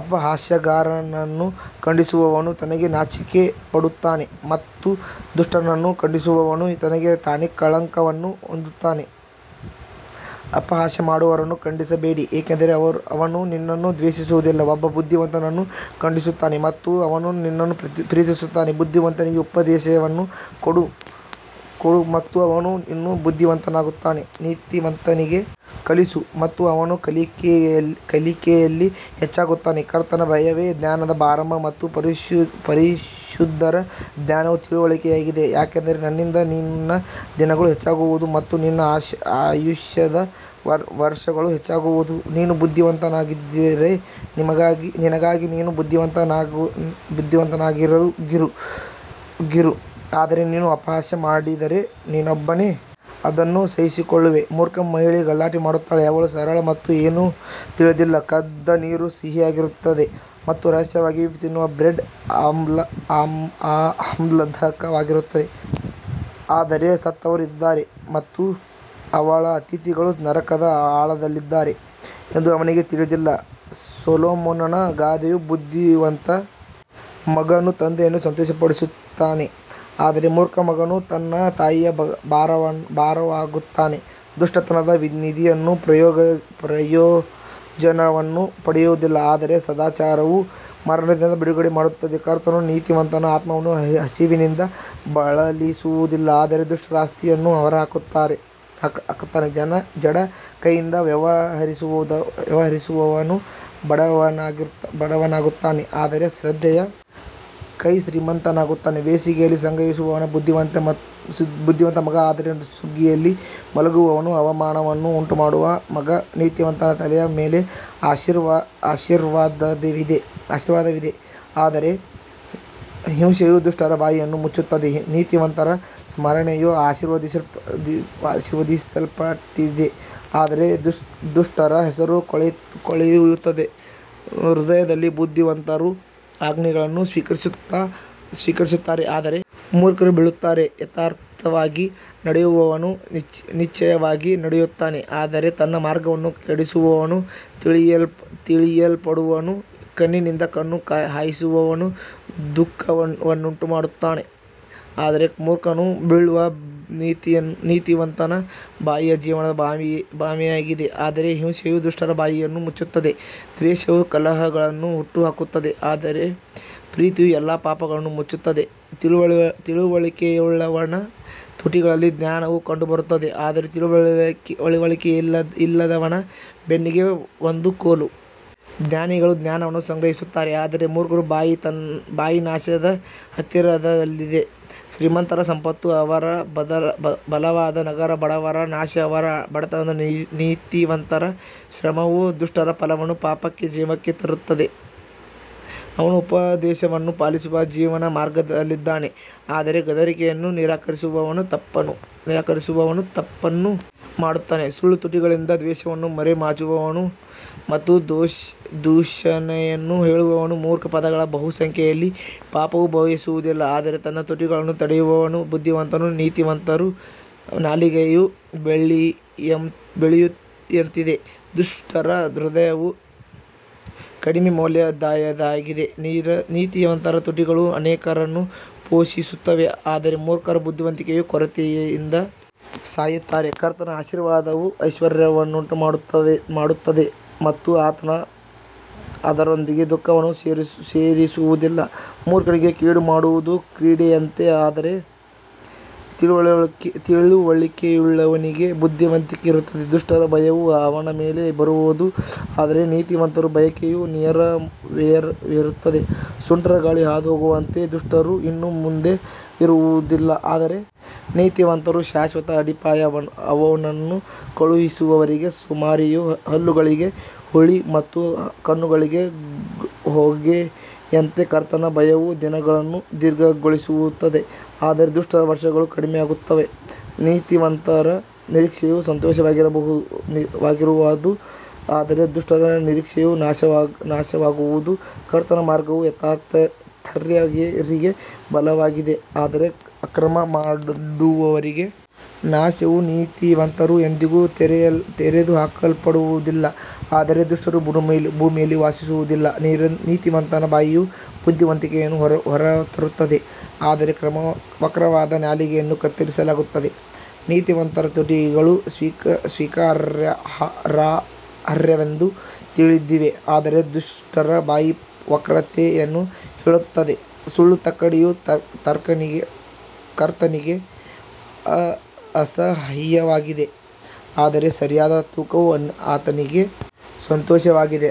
ಅಪಹಾಸ್ಯಗಾರನನ್ನು ಖಂಡಿಸುವವನು ತನಗೆ ನಾಚಿಕೆಪಡುತ್ತಾನೆ ಮತ್ತು ದುಷ್ಟನನ್ನು ಖಂಡಿಸುವವನು ತನಗೆ ತಾನೇ ಕಳಂಕವನ್ನು ಹೊಂದುತ್ತಾನೆ ಅಪಹಾಸ್ಯ ಮಾಡುವವರನ್ನು ಖಂಡಿಸಬೇಡಿ, ಏಕೆಂದರೆ ಅವನು ನಿನ್ನನ್ನು ದ್ವೇಷಿಸುವುದಿಲ್ಲ, ಒಬ್ಬ ಬುದ್ಧಿವಂತನನ್ನು ಖಂಡಿಸುತ್ತಾನೆ ಮತ್ತು ಅವನು ನಿನ್ನನ್ನು ಪ್ರೀತಿಸುತ್ತಾನೆ. ಬುದ್ಧಿವಂತನಿಗೆ ಉಪದೇಶವನ್ನು ಕೊಡು ಮತ್ತು ಅವನು ಇನ್ನೂ ಬುದ್ಧಿವಂತನಾಗಿರುತ್ತಾನೆ, ನೀತಿವಂತನಿಗೆ ಕಲಿಸು ಮತ್ತು ಅವನು ಕಲಿಕೆಯಲ್ಲಿ ಹೆಚ್ಚಾಗುತ್ತಾನೆ ಕರ್ತನ ಭಯವೇ ಜ್ಞಾನದ ಆರಂಭ ಮತ್ತು ಪರಿಶುದ್ಧರ ಜ್ಞಾನವು ತಿಳುವಳಿಕೆಯಾಗಿದೆ ಯಾಕಂದರೆ ನನ್ನಿಂದ ನಿನ್ನ ದಿನಗಳು ಹೆಚ್ಚಾಗುವವು ಮತ್ತು ನಿನ್ನ ಆಯುಷ್ಯದ ವರ್ಷಗಳು ಹೆಚ್ಚಾಗುವವು ನೀನು ಬುದ್ಧಿವಂತನಾಗಿದ್ದರೆ ನಿನಗಾಗಿ ನೀನು ಬುದ್ಧಿವಂತನಾಗಿರು ಆದರೆ ನೀನು ಅಪಹಾಸ್ಯ ಮಾಡಿದರೆ ನೀನೊಬ್ಬನೇ ಅದನ್ನು ಸಹಿಸಿಕೊಳ್ಳುವೆ ಮೂರ್ಖ ಮಹಿಳೆ ಗಲಾಟೆ ಮಾಡುತ್ತಾಳೆ, ಅವಳು ಸರಳ ಮತ್ತು ಏನೂ ತಿಳಿದಿಲ್ಲ ಕದ್ದ ನೀರು ಸಿಹಿಯಾಗಿರುತ್ತದೆ ಮತ್ತು ರಹಸ್ಯವಾಗಿ ತಿನ್ನುವ ಬ್ರೆಡ್ ಆಹ್ಲಾದಕರವಾಗಿರುತ್ತದೆ ಆದರೆ ಸತ್ತವರು ಇದ್ದಾರೆ ಮತ್ತು ಅವಳ ಅತಿಥಿಗಳು ನರಕದ ಆಳದಲ್ಲಿದ್ದಾರೆ ಎಂದು ಅವನಿಗೆ ತಿಳಿದಿಲ್ಲ ಸೊಲೊಮೋನನ ಗಾದೆಗಳು ಬುದ್ಧಿವಂತ ಮಗನು ತಂದೆಯನ್ನು ಸಂತೋಷಪಡಿಸುತ್ತಾನೆ ಆದರೆ ಮೂರ್ಖ ಮಗನು ಅವನ ತಾಯಿಗೆ ಭಾರವಾಗುತ್ತಾನೆ ದುಷ್ಟತನದ ನಿಧಿಗಳು ಪ್ರಯೋಜನವನ್ನು ಪಡೆಯುವುದಿಲ್ಲ ಆದರೆ ಸದಾಚಾರವು ಮರಣದಿಂದ ಬಿಡುಗಡೆ ಮಾಡುತ್ತದೆ ಕರ್ತನು ನೀತಿವಂತನ ಆತ್ಮವನ್ನು ಹಸಿವಿನಿಂದ ಬಳಲಿಸುವುದಿಲ್ಲ ಆದರೆ ದುಷ್ಟರ ಆಸ್ತಿಯನ್ನು ಹೊರಹಾಕುತ್ತಾನೆ ಜಡ ಕೈಯಿಂದ ವ್ಯವಹರಿಸುವವನು ಬಡವನಾಗುತ್ತಾನೆ ಆದರೆ ಶ್ರದ್ಧೆಯ ಕೈ ಶ್ರೀಮಂತನಾಗುತ್ತಾನೆ ಬೇಸಿಗೆಯಲ್ಲಿ ಸಂಗ್ರಹಿಸುವವನು ಬುದ್ಧಿವಂತ ಮಗ ಆದರೆ ಸುಗ್ಗಿಯಲ್ಲಿ ಮಲಗುವವನು ಅವಮಾನವನ್ನು ಉಂಟುಮಾಡುವ ಮಗ ನೀತಿವಂತನ ತಲೆಯ ಮೇಲೆ ಆಶೀರ್ವಾದವಿದೆ ಆದರೆ ಹಿಂಸೆಯು ದುಷ್ಟರ ಬಾಯಿಯನ್ನು ಮುಚ್ಚುತ್ತದೆ ನೀತಿವಂತರ ಸ್ಮರಣೆಯು ಆಶೀರ್ವದಿಸಲ್ಪಟ್ಟಿದೆ ಆದರೆ ದುಷ್ಟರ ಹೆಸರು ಕೊಳೆಯುತ್ತದೆ ಹೃದಯದಲ್ಲಿ ಬುದ್ಧಿವಂತರು ಆಜ್ಞೆಗಳನ್ನು ಸ್ವೀಕರಿಸುತ್ತಾರೆ ಆದರೆ ಮೂರ್ಖರು ಬೀಳುತ್ತಾರೆ ಯಥಾರ್ಥವಾಗಿ ನಡೆಯುವವನು ನಿಶ್ಚಯವಾಗಿ ನಡೆಯುತ್ತಾನೆ ಆದರೆ ತನ್ನ ಮಾರ್ಗವನ್ನು ಕೆಡಿಸುವವನು ತಿಳಿಯಲ್ಪಡುವನು ಕಣ್ಣಿನಿಂದ ಕಣ್ಣು ಹಾಯಿಸುವವನು ದುಃಖವನ್ನುಂಟುಮಾಡುತ್ತಾನೆ, ಆದರೆ ಮೂರ್ಖನು ಬೀಳುವನು ನೀತಿವಂತನ ಬಾಯಿಯು ಜೀವದ ಬಾವಿಯಾಗಿದೆ ಆದರೆ ಹಿಂಸೆಯು ದುಷ್ಟರ ಬಾಯಿಯನ್ನು ಮುಚ್ಚುತ್ತದೆ ದ್ವೇಷವು ಕಲಹಗಳನ್ನು ಹುಟ್ಟುಹಾಕುತ್ತದೆ ಆದರೆ ಪ್ರೀತಿಯು ಎಲ್ಲಾ ಪಾಪಗಳನ್ನು ಮುಚ್ಚುತ್ತದೆ ತಿಳುವಳಿಕೆಯುಳ್ಳವನ ತುಟಿಗಳಲ್ಲಿ ಜ್ಞಾನವು ಕಂಡುಬರುತ್ತದೆ ಆದರೆ ತಿಳುವಳಿಕೆಯಿಲ್ಲದವನ ಬೆನ್ನಿಗೆ ಒಂದು ಕೋಲು. ಜ್ಞಾನಿಗಳು ಜ್ಞಾನವನ್ನು ಸಂಗ್ರಹಿಸುತ್ತಾರೆ ಆದರೆ ಮೂರ್ಖರ ಬಾಯಿ ನಾಶದ ಹತ್ತಿರದಲ್ಲಿದೆ ಶ್ರೀಮಂತರ ಸಂಪತ್ತು ಅವರ ಬಲವಾದ ನಗರ, ಬಡವರ ನಾಶ ಅವರ ಬಡತನ ನೀತಿವಂತರ ಶ್ರಮವು ದುಷ್ಟರ ಫಲವನ್ನು ಪಾಪಕ್ಕೆ ಜೀವಕ್ಕೆ ತರುತ್ತದೆ ಅವನು ಉಪದೇಶವನ್ನು ಪಾಲಿಸುವ ಜೀವನ ಮಾರ್ಗದಲ್ಲಿದ್ದಾನೆ ಆದರೆ ಗದರಿಕೆಯನ್ನು ನಿರಾಕರಿಸುವವನು ತಪ್ಪನ್ನು ಮಾಡುತ್ತಾನೆ ಸುಳ್ಳು ತುಟಿಗಳಿಂದ ದ್ವೇಷವನ್ನು ಮರೆಮಾಚುವವನು ಮತ್ತು ದೂಷಣೆಯನ್ನು ಹೇಳುವವನು ಮೂರ್ಖ ಪದಗಳ ಬಹುಸಂಖ್ಯೆಯಲ್ಲಿ ಪಾಪವು ಬಯಸುವುದಿಲ್ಲ ಆದರೆ ತನ್ನ ತುಟಿಗಳನ್ನು ತಡೆಯುವವನು ಬುದ್ಧಿವಂತನು ನೀತಿವಂತರ ನಾಲಿಗೆಯು ಬೆಳ್ಳಿಯಂತಿದೆ, ದುಷ್ಟರ ಹೃದಯವು ಕಡಿಮೆ ಮೌಲ್ಯದ್ದಾಗಿದೆ ನೀತಿವಂತರ ತುಟಿಗಳು ಅನೇಕರನ್ನು ಪೋಷಿಸುತ್ತವೆ ಆದರೆ ಮೂರ್ಖರು ಬುದ್ಧಿವಂತಿಕೆಯ ಕೊರತೆಯಿಂದ ಸಾಯುತ್ತಾರೆ ಕರ್ತನ ಆಶೀರ್ವಾದವು ಐಶ್ವರ್ಯವನ್ನುಂಟುಮಾಡುತ್ತದೆ ಮತ್ತು ಆತನು ಅದರೊಂದಿಗೆ ದುಃಖವನ್ನು ಸೇರಿಸುವುದಿಲ್ಲ ಮೂರ್ಖನಿಗೆ ಕೇಡು ಮಾಡುವುದು ಕ್ರೀಡೆಯಂತೆ ಆದರೆ ತಿಳುವಳಿಕೆಯುಳ್ಳವನಿಗೆ ಬುದ್ಧಿವಂತಿಕೆ ಇರುತ್ತದೆ ದುಷ್ಟರ ಭಯವು ಅವನ ಮೇಲೆ ಬರುವದು ಆದರೆ ನೀತಿವಂತರ ಬಯಕೆಯು ನೆರವೇರುತ್ತದೆ ಸುಂಟರಗಾಳಿ ಹಾದುಹೋಗುವಂತೆ ದುಷ್ಟರು ಇನ್ನು ಮುಂದೆ ಇರುವುದಿಲ್ಲ ಆದರೆ ನೀತಿವಂತರು ಶಾಶ್ವತ ಅಡಿಪಾಯ ಅವನನ್ನು ಕಳುಹಿಸುವವರಿಗೆ ಸೋಮಾರಿಯು ಹಲ್ಲುಗಳಿಗೆ ಹುಳಿ ಮತ್ತು ಕಣ್ಣುಗಳಿಗೆ ಹೊಗೆಯಂತೆ ಕರ್ತನ ಭಯವು ದಿನಗಳನ್ನು ದೀರ್ಘಗೊಳಿಸುತ್ತದೆ ಆದರೆ ದುಷ್ಟರ ವರ್ಷಗಳು ಕಡಿಮೆಯಾಗುತ್ತವೆ ನೀತಿವಂತರ ನಿರೀಕ್ಷೆಯು ಸಂತೋಷವಾಗಿರುವದು ಆದರೆ ದುಷ್ಟರ ನಿರೀಕ್ಷೆಯು ನಾಶವಾಗುವುದು ಕರ್ತನ ಮಾರ್ಗವು ಯಥಾರ್ಥರಿಗೆ ಬಲವಾಗಿದೆ ಆದರೆ ಅಕ್ರಮ ಮಾಡುವವರಿಗೆ ನಾಶನವು ನೀತಿವಂತರು ಎಂದಿಗೂ ತೆಗೆದುಹಾಕಲ್ಪಡುವುದಿಲ್ಲ ಆದರೆ ದುಷ್ಟರು ಭೂಮಿಯಲ್ಲಿ ವಾಸಿಸುವುದಿಲ್ಲ ನೀತಿವಂತನ ಬಾಯಿಯು ಬುದ್ಧಿವಂತಿಕೆಯನ್ನು ಹೊರತರುತ್ತದೆ ಆದರೆ ವಕ್ರವಾದ ನಾಲಿಗೆಯನ್ನು ಕತ್ತರಿಸಲಾಗುತ್ತದೆ ನೀತಿವಂತರ ತುಟಿಗಳು ಸ್ವೀಕಾರಾರ್ಹವೆಂದು ತಿಳಿದಿವೆ ಆದರೆ ದುಷ್ಟರ ಬಾಯಿ ವಕ್ರತೆಯನ್ನು ಹೇಳುತ್ತದೆ ಸುಳ್ಳು ತಕ್ಕಡಿಯು ಕರ್ತನಿಗೆ ಅಸಹ್ಯವಾಗಿದೆ ಆದರೆ ಸರಿಯಾದ ತೂಕವು ಆತನಿಗೆ ಸಂತೋಷವಾಗಿದೆ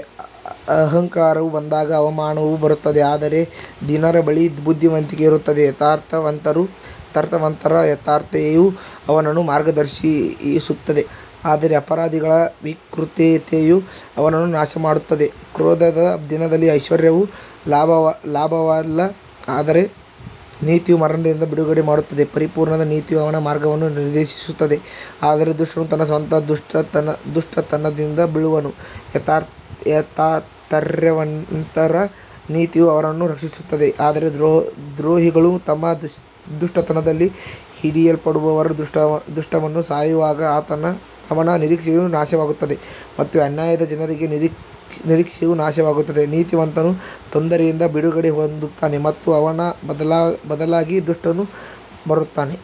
ಅಹಂಕಾರವು ಬಂದಾಗ ಅವಮಾನವು ಬರುತ್ತದೆ ಆದರೆ ದೀನರ ಬಳಿ ಬುದ್ಧಿವಂತಿಕೆ ಇರುತ್ತದೆ ಯಥಾರ್ಥವಂತರ ಯಥಾರ್ಥತೆಯು ಅವರನ್ನು ಮಾರ್ಗದರ್ಶಿಸುತ್ತದೆ ಆದರೆ ಅಪರಾಧಿಗಳ ವಿಕೃತತೆಯು ಅವರನ್ನು ನಾಶಮಾಡುತ್ತದೆ ಕ್ರೋಧದ ದಿನದಲ್ಲಿ ಐಶ್ವರ್ಯವು ಲಾಭವಲ್ಲ ಆದರೆ ನೀತಿಯು ಮರಣದಿಂದ ಬಿಡುಗಡೆ ಮಾಡುತ್ತದೆ ಪರಿಪೂರ್ಣನ ನೀತಿಯು ಅವನ ಮಾರ್ಗವನ್ನು ನಿರ್ದೇಶಿಸುತ್ತದೆ ಆದರೆ ದುಷ್ಟನು ತನ್ನ ಸ್ವಂತ ದುಷ್ಟತನದಿಂದ ಬೀಳುವನು ಯಥಾರ್ಥವಂತರ ನೀತಿಯು ಅವರನ್ನು ರಕ್ಷಿಸುತ್ತದೆ ಆದರೆ ದ್ರೋಹಿಗಳು ತಮ್ಮ ದುಷ್ಟತನದಲ್ಲಿ ಹಿಡಿಯಲ್ಪಡುವರು ದುಷ್ಟನು ಸಾಯುವಾಗ ಅವನ ನಿರೀಕ್ಷೆಯು ನಾಶವಾಗುತ್ತದೆ ಮತ್ತು ಅನ್ಯಾಯದ ಜನರ ನಿರೀಕ್ಷೆಯು ನಾಶವಾಗುತ್ತದೆ ನೀತಿವಂತನು ತೊಂದರೆಯಿಂದ ಬಿಡುಗಡೆ ಹೊಂದುತ್ತಾನೆ ಮತ್ತು ಅವನ ಬದಲಾಗಿ ದುಷ್ಟನು ಬರುತ್ತಾನೆ.